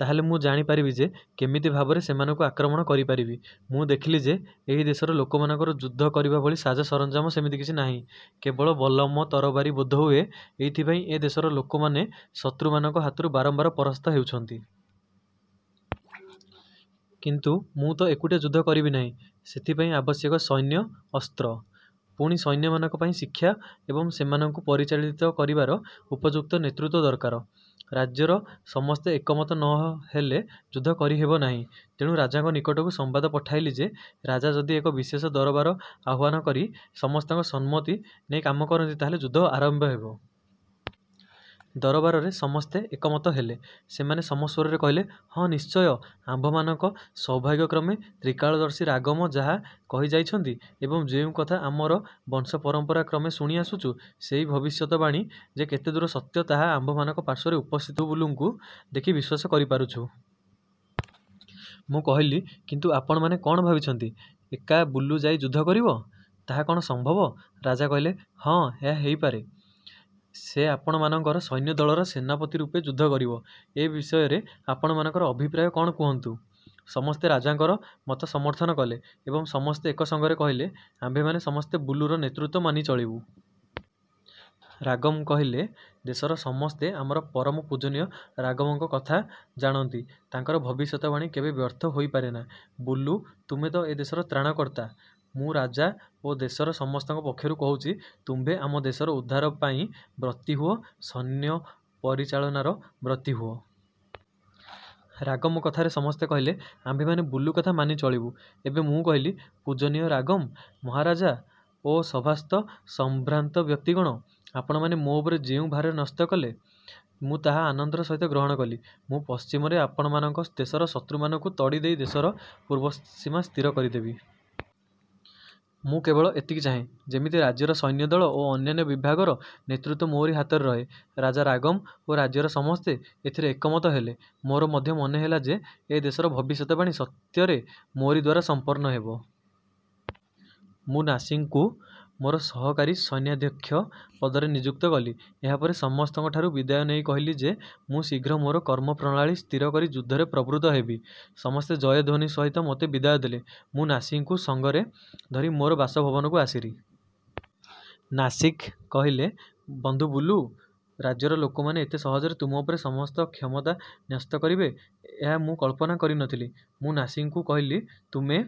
ତାହାହେଲେ ମୁଁ ଜାଣିପାରିବି ଯେ, କେମିତି ଭାବରେ ସେମାନଙ୍କୁ ଆକ୍ରମଣ କରିପାରିବି। '' ମୁଁ ଦେଖିଲି ଯେ ଏହି ଦେଶର ଲୋକମାନଙ୍କର ଯୁଦ୍ଧ କରିବାଭଳି ସାଜସରଞ୍ଜାମ ସେମିତି କିଛି ନାହିଁ। କେବଳ ବଲ୍ଲମ, ତରବାରୀ ବୋଧହୁଏ ଏଇଥିପାଇଁ ଏ ଦେଶର ଲୋକମାନେ ଶତ୍ରୁମାନଙ୍କ ହାତରୁ ବାରମ୍ବାର ପରାସ୍ତ ହେଉଛନ୍ତି। କିନ୍ତୁ ମୁଁ ତ ଏକୁଟିଆ ଯୁଦ୍ଧ କରିବି ନାହିଁ, ସେଥପାଇଁ ଆବଶ୍ୟକ ସୈନ୍ୟ, ଅସ୍ତ୍ର। ପୁଣି ସୈନ୍ୟମାନଙ୍କ ପାଇଁ ଶିକ୍ଷା ଏବଂ ସେମାନଙ୍କୁ ପରିଚାଳିତ କରିବାର ଉପଯୁକ୍ତ ନେତୃତ୍ୱ ଦରକାର। ରାଜ୍ୟର ସମସ୍ତେ ଏକମତ ନ ହେଲେ ଯୁଦ୍ଧ କରିହେବ ନାହିଁ। ତେଣୁ ରାଜାଙ୍କ ନିକଟକୁ ସମ୍ବାଦ ପଠାଇଲି ଯେ, ରାଜା ଯଦି ଏକ ବିଶେଷ ଦରବାର ଆହ୍ୱାନ କରି ସମସ୍ତଙ୍କ ସମ୍ମତି ନେଇ କାମ କରନ୍ତି, ତାହାହେଲେ ଯୁଦ୍ଧ ଆରମ୍ଭ ହେବ। ଦରବାରରେ ସମସ୍ତେ ଏକମତ ହେଲେ। ସେମାନେ ସମସ୍ୱରରେ କହିଲେ, ''ହଁ ନିଶ୍ଚୟ। ଆମ୍ଭମାନଙ୍କ ସୌଭାଗ୍ୟକ୍ରମେ ତ୍ରିକାଳଦର୍ଶୀ ରାଗମ୍ ଯାହା କହିଯାଇଛନ୍ତି ଏବଂ ଯେଉଁ କଥା ଆମର ବଂଶ ପରମ୍ପରା କ୍ରମେ ଶୁଣି ଆସୁଛୁ ସେଇ ଭବିଷ୍ୟତବାଣୀ ଯେ କେତେଦୂର ସତ୍ୟ ତାହା ଆମ୍ଭମାନଙ୍କ ପାର୍ଶ୍ୱରେ ଉପସ୍ଥିତ ବନ୍ଧୁ ବୁଲୁକୁ ଦେଖି ବିଶ୍ୱାସ କରିପାରୁଛୁଁ। '' ମୁଁ କହିଲି କିନ୍ତୁ ଆପଣମାନେ କ'ଣ ଭାବିଛନ୍ତି, ଏକା ବୁଲୁ ଯାଇ ଯୁଦ୍ଧ କରିବ? ତାହା କ'ଣ ସମ୍ଭବ? ରାଜା କହିଲେ, ''ହଁ ଏହା ହୋଇପାରେ। ସେ ଆପଣମାନଙ୍କର ସୈନ୍ୟଦଳର ସେନାପତିରୂପେ ଯୁଦ୍ଧ କରିବ, ଏ ବିଷୟରେ ଆପଣମାନଙ୍କର ଅଭିପ୍ରାୟ କ'ଣ କୁହନ୍ତୁ। '' ସମସ୍ତେ ରାଜାଙ୍କର ମତ ସମର୍ଥନ କଲେ ଏବଂ ସମସ୍ତେ ଏକ ସଙ୍ଗରେ କହିଲେ, ''ଆମ୍ଭେମାନେ ସମସ୍ତେ ବୁଲୁର ନେତୃତ୍ୱ ମାନି ଚଳିବୁ। '' ରାଗମ୍ କହିଲେ, ଦେଶର ସମସ୍ତେ ଆମର ପରମ ପୂଜନୀୟ ରାଗମ୍ଙ୍କ କଥା ଜାଣନ୍ତି। ତାଙ୍କର ଭବିଷ୍ୟତବାଣୀ କେବେ ବ୍ୟର୍ଥ ହୋଇପାରେନା। ବୁଲୁ, ତୁମେ ତ ଏ ଦେଶର ତ୍ରାଣକର୍ତ୍ତା। ମୁଁ ରାଜା ଓ ଦେଶର ସମସ୍ତଙ୍କ ପକ୍ଷରୁ କହୁଛି, ତୁମ୍ଭେ ଆମ୍ଭ ଦେଶର ଉଦ୍ଧାରପାଇଁ ବ୍ରତୀ ହୁଅ ସୈନ୍ୟ ପରିଚାଳନାରେ ବ୍ରତୀ ହୁଅ। ରାଗମ୍ କଥାରେ ସମସ୍ତେ କହିଲେ, ''ଆମ୍ଭେମାନେ ବୁଲୁ କଥା ମାନି ଚଳିବୁ। '' ଏବେ ମୁଁ କହିଲି-ପୂଜନୀୟ ରାଗମ୍ ମହାରାଜ ଓ ସଭାସ୍ଥ ସମ୍ଭ୍ରାନ୍ତ ବ୍ୟକ୍ତିଗଣ, ''ଆପଣମାନେ ମୋ ଉପରେ ଯେଉଁ ଭାର ନ୍ୟସ୍ତ କଲେ, ମୁଁ ତାହା ଆନନ୍ଦର ସହିତ ଗ୍ରହଣ କଲି। ମୁଁ ପଶ୍ଚିମରେ ଆପଣମାନଙ୍କ ଦେଶର ଶତ୍ରୁମାନଙ୍କୁ ତଡ଼ି ଦେଇ ଦେଶର ପୂର୍ବ ସୀମା ସ୍ଥିର କରିଦେବି। ମୁଁ କେବଳ ଏତିକି ଚାହେଁ, ଯେମିତି ରାଜ୍ୟର ସୈନ୍ୟଦଳ ଓ ଅନ୍ୟାନ୍ୟ ବିଭାଗର ନେତୃତ୍ୱ ମୋରି ହାତରେ ରହେ। '' ରାଜା ରାଗମ୍ ଓ ରାଜ୍ୟର ସମସ୍ତେ ଏଥିରେ ଏକମତ ହେଲେ। ମୋର ମଧ୍ୟ ମନେହେଲା ଯେ, ଏ ଦେଶର ଭବିଷ୍ୟତବାଣୀ ସତ୍ୟରେ ମୋରିଦ୍ୱାରା ସମ୍ପନ୍ନ ହେବ। ମୁଁ ନାସିଗ୍କୁ ମୋର ସହକାରୀ ସୈନ୍ୟାଧ୍ୟକ୍ଷ ପଦରେ ନିଯୁକ୍ତ କଲି। ଏହାପରେ ସମସ୍ତଙ୍କଠାରୁ ବିଦାୟ ନେଇ କହିଲି ଯେ, ''ମୁଁ ଶୀଘ୍ର ମୋର କର୍ମପ୍ରଣାଳୀ ସ୍ଥିର କରି ଯୁଦ୍ଧରେ ପ୍ରବୃତ୍ତ ହେବି। '' ସମସ୍ତେ ଜୟଧ୍ୱନି ସହିତ ମୋତେ ବିଦାୟ ଦେଲେ। ମୁଁ ନାସିଗ୍ଙ୍କୁ ସଙ୍ଗରେ ଧରି ମୋ ବାସଭବନକୁ ଆସିରି। ନାସିଗ୍ କହିଲେ, ବନ୍ଧୁ ବୁଲୁ! ରାଜ୍ୟର ଲୋକମାନେ ଏତେ ସହଜରେ ତୁମ ଉପରେ ସମସ୍ତ କ୍ଷମତା ନ୍ୟସ୍ତ କରିବେ, ଏହା ମୁଁ କଳ୍ପନା କରିନଥିଲି। ମୁଁ ନାସିଗ୍କୁ କହିଲି, ''ତୁମେ